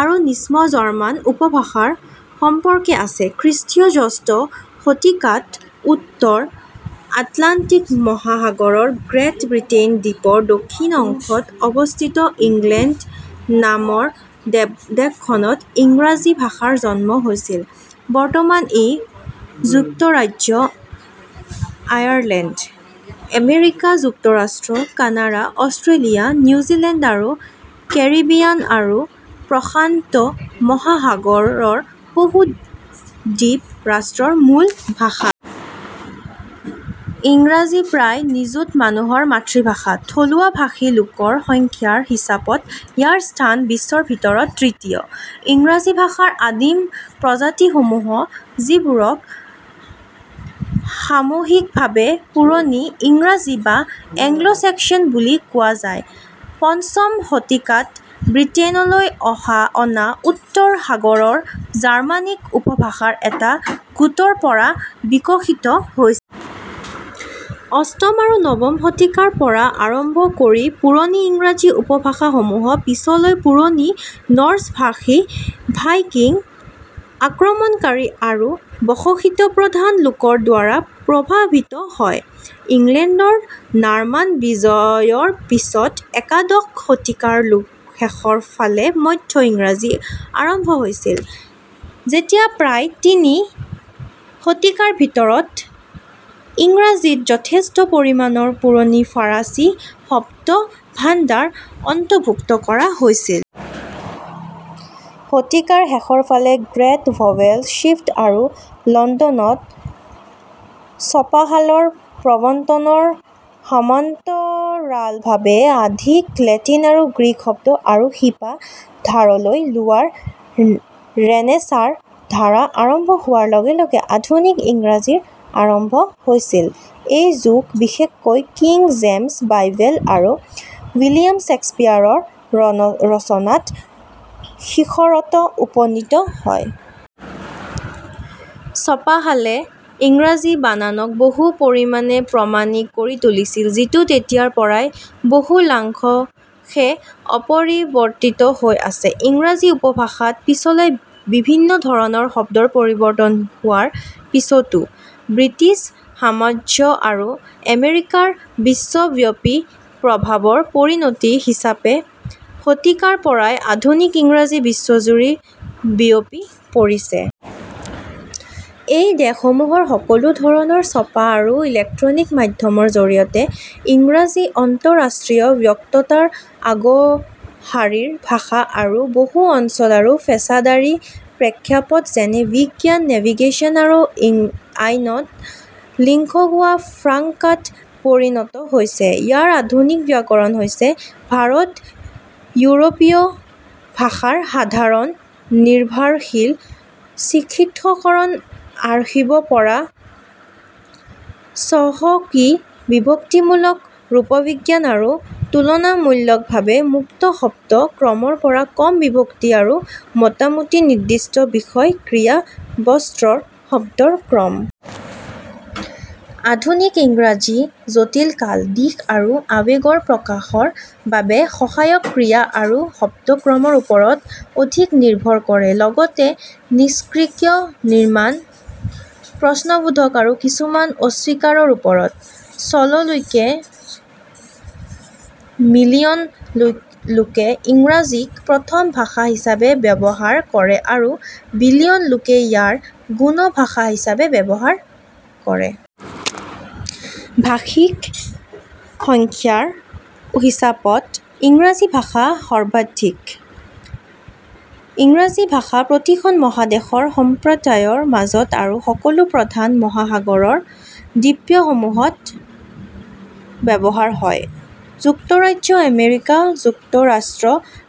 আৰু নিম্ন জাৰ্মান উপভাষাৰ সম্পৰ্ক আছে। খ্ৰীষ্টীয় ষষ্ঠ শতিকাত উত্তৰ আটলাণ্টিক মহাসাগৰৰ গ্ৰেট ব্ৰিটেইন দ্বীপৰ দক্ষিণ অংশত অৱস্থিত ইংলেণ্ড নামৰ দেশখনত ইংৰাজী ভাষাৰ জন্ম হৈছিল। বৰ্তমান ই যুক্তৰাজ্য, আয়াৰলেণ্ড, আমেৰিকা যুক্তৰাষ্ট্ৰ, কানাডা, অষ্ট্ৰেলিয়া, নিউজিলেণ্ড আৰু কেৰিবিয়ান আৰু প্ৰশান্ত মহাসাগৰ ৰ বহু দ্বীপ ৰাষ্ট্ৰৰ মূল ভাষা। ইংৰাজী প্ৰায় নিযুত মানুহৰ মাতৃভাষা। থলুৱা ভাষী লোকৰ সংখ্যাৰ হিচাপত ইয়াৰ স্থান বিশ্বৰ ভিতৰতে তৃতীয়। ইংৰাজী ভাষাৰ আদিম প্ৰজাতিসমূহ, যিবোৰক সামূহিকভাৱে পুৰণি ইংৰাজী বা "এংলো-চেক্সন" বুলি জনা যায়, পঞ্চম শতিকাত ব্ৰিটেইনলৈ অনা উত্তৰ সাগৰৰ জাৰ্মানিক উপভাষাৰ এটা গোটৰ পৰা বিকশিত হৈছিল। অষ্টম আৰু নৱম শতিকাৰ পৰা আৰম্ভ কৰি পুৰণি ইংৰাজী উপভাষাসমূহ পিছলৈ পুৰণি নৰ্ছ ভাষী ভাইকিং আক্ৰমণকাৰী আৰু বসতিপ্ৰধান লোকৰ দ্বাৰা প্ৰভাৱিত হয়। ইংলেণ্ডৰ নৰ্মান বিজয়ৰ পিছত একাদশ শতিকাৰ শেষৰ ফালে মধ্য ইংৰাজী আৰম্ভ হৈছিল, যেতিয়া প্ৰায় তিনি শতিকাৰ ভিতৰত ইংৰাজীত যথেষ্ট পৰিমাণৰ পুৰণি ফৰাচী শব্দভাণ্ডাৰ অন্তৰ্ভুক্ত কৰা হৈছিল। শতিকাৰ শেষৰ ফালে গ্ৰেট ভৱেল শ্বিফ্ট আৰু লণ্ডনত ছপাশালৰ প্ৰৱৰ্তনৰ সমান্তৰালভাৱে অধিক লেটিন আৰু গ্ৰীক শব্দ আৰু শিপা ধাৰলৈ লোৱাৰ ৰেনেছাঁৰ ধাৰা আৰম্ভ হোৱাৰ লগে লগে আধুনিক ইংৰাজীৰ আৰম্ভণি হৈছিল। এই যুগ বিশেষকৈ কিং জেমছ বাইবেল আৰু উইলিয়াম শ্বেক্সপীয়েৰৰ ৰচনাত শিখৰত উপনীত হয়। ছপাশালে ইংৰাজী বানানক বহু পৰিমাণে প্ৰামাণিক কৰি তুলিছিল, যিটো তেতিয়াৰ পৰাই বহুলাংশে অপৰিৱৰ্তিত হৈ আছে, ইংৰাজী উপভাষাত পিছলৈ বিভিন্ন ধৰণৰ শব্দৰ পৰিৱৰ্তন হোৱাৰ পিছতো। ব্ৰিটিছ সাম্ৰাজ্য আৰু আমেৰিকাৰ বিশ্বব্যাপী প্ৰভাৱৰ পৰিণতি হিচাপে শতিকাৰ পৰাই আধুনিক ইংৰাজী বিশ্বজুৰি বিয়পি পৰিছে। এই দেশসমূহৰ সকলো ধৰণৰ ছপা আৰু ইলেক্ট্ৰনিক মাধ্যমৰ জৰিয়তে ইংৰাজী আন্তঃৰাষ্ট্ৰীয় বক্তৃতাৰ আগশাৰীৰ ভাষা আৰু বহু অঞ্চল আৰু পেছাদাৰী প্ৰেক্ষাপট যেনে বিজ্ঞান, নেভিগেচন, আৰু আইনত লিংগুয়া ফ্ৰাংকাত পৰিণত হৈছে। ইয়াৰ আধুনিক ব্যাকৰণ হৈছে ভাৰত-ইউৰোপীয় ভাষাৰ সাধাৰণ নিৰ্ভৰশীল চিহ্নিতকৰণ আৰ্হিৰ পৰা চহকী বিভক্তিমূলক ৰূপবিজ্ঞান আৰু তুলনামূলকভাৱে মুক্ত শব্দ ক্ৰমৰ পৰা কম বিভক্তি আৰু মোটামুটি নিৰ্দিষ্ট বিষয়–ক্ৰিয়া– বস্তুৰ শব্দৰ ক্ৰম। আধুনিক ইংৰাজী জটিল কাল, দিশ আৰু আৱেগৰ প্ৰকাশৰ বাবে সহায়ক ক্ৰিয়া আৰু শব্দ ক্ৰমৰ ওপৰত অধিক নিৰ্ভৰ কৰে, লগতে নিষ্ক্ৰিয় নিৰ্মাণ, প্ৰশ্নবোধক আৰু কিছুমান অস্বীকাৰৰ ওপৰত। চনলৈকে মিলিয়ন লোকে ইংৰাজীক প্ৰথম ভাষা হিচাপে ব্যৱহাৰ কৰে আৰু বিলিয়ন লোকে ইয়াক গৌণ ভাষা হিচাপে ব্যৱহাৰ কৰে। ভাষীক সংখ্যাৰ হিচাপত ইংৰাজী ভাষা সৰ্বাধিক। ইংৰাজী ভাষা প্ৰতিখন মহাদেশৰ সম্প্ৰদায়ৰ মাজত আৰু সকলো প্ৰধান মহাসাগৰৰ দ্বীপসমূহত ব্যৱহাৰ হয়। যুক্তৰাজ্য, আমেৰিকা যুক্তৰাষ্ট্ৰ,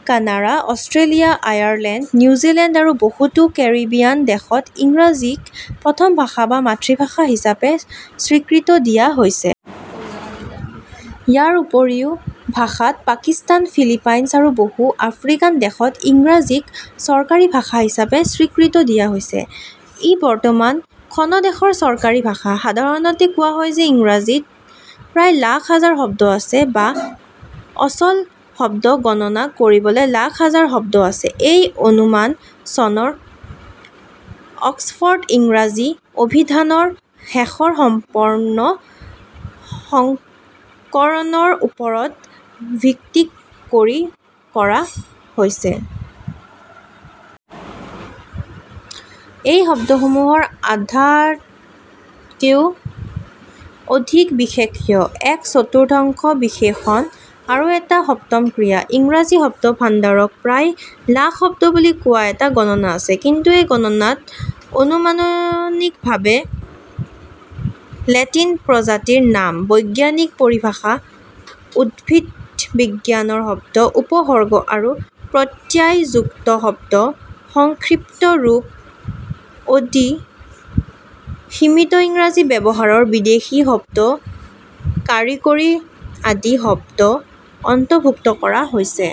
কানাডা, অষ্ট্ৰেলিয়া, আয়াৰলেণ্ড, নিউজিলেণ্ড আৰু বহুতো কেৰিবিয়ান দেশত ইংৰাজীক প্ৰথম ভাষা বা মাতৃভাষা হিচাপে স্বীকৃতি দিয়া হৈছে। ইয়াৰ উপৰিও ভাৰত, পাকিস্তান, ফিলিপাইনছ আৰু বহু আফ্ৰিকান দেশত ইংৰাজীক চৰকাৰী ভাষা হিচাপে স্বীকৃতি দিয়া হৈছে। ই বৰ্তমান খন দেশৰ চৰকাৰী ভাষা। সাধাৰণতে কোৱা হয় যে ইংৰাজীত প্ৰায় লাখ হাজাৰ শব্দ আছে, বা অচল শব্দ গণনা কৰিলে লাখ হাজাৰ শব্দ আছে; এই অনুমান চনৰ অক্সফৰ্ড ইংৰাজী অভিধানৰ শেষৰ সম্পূৰ্ণ সংস্কৰণৰ ওপৰত ভিত্তি কৰি কৰা হৈছে। এই শব্দসমূহৰ আধাতকৈও অধিক বিশেষ্য, এক চতুৰ্থাংশ বিশেষণ আৰু এটা সপ্তম ক্ৰিয়া। ইংৰাজী শব্দভাণ্ডাৰক প্ৰায় লাখ শব্দ বুলি কোৱা এটা গণনা আছে — কিন্তু সেই গণনাত অনুমানিকভাৱে লেটিন প্ৰজাতিৰ নাম, বৈজ্ঞানিক পৰিভাষা, উদ্ভিদবিজ্ঞানৰ শব্দ, উপসৰ্গ আৰু প্ৰত্যয়যুক্ত শব্দ, সংক্ষিপ্ত ৰূপ, অতি সীমিত ইংৰাজী ব্যৱহাৰৰ বিদেশী শব্দ, কাৰিকৰী আদি শব্দ অন্তৰ্ভুক্ত কৰা হৈছে।।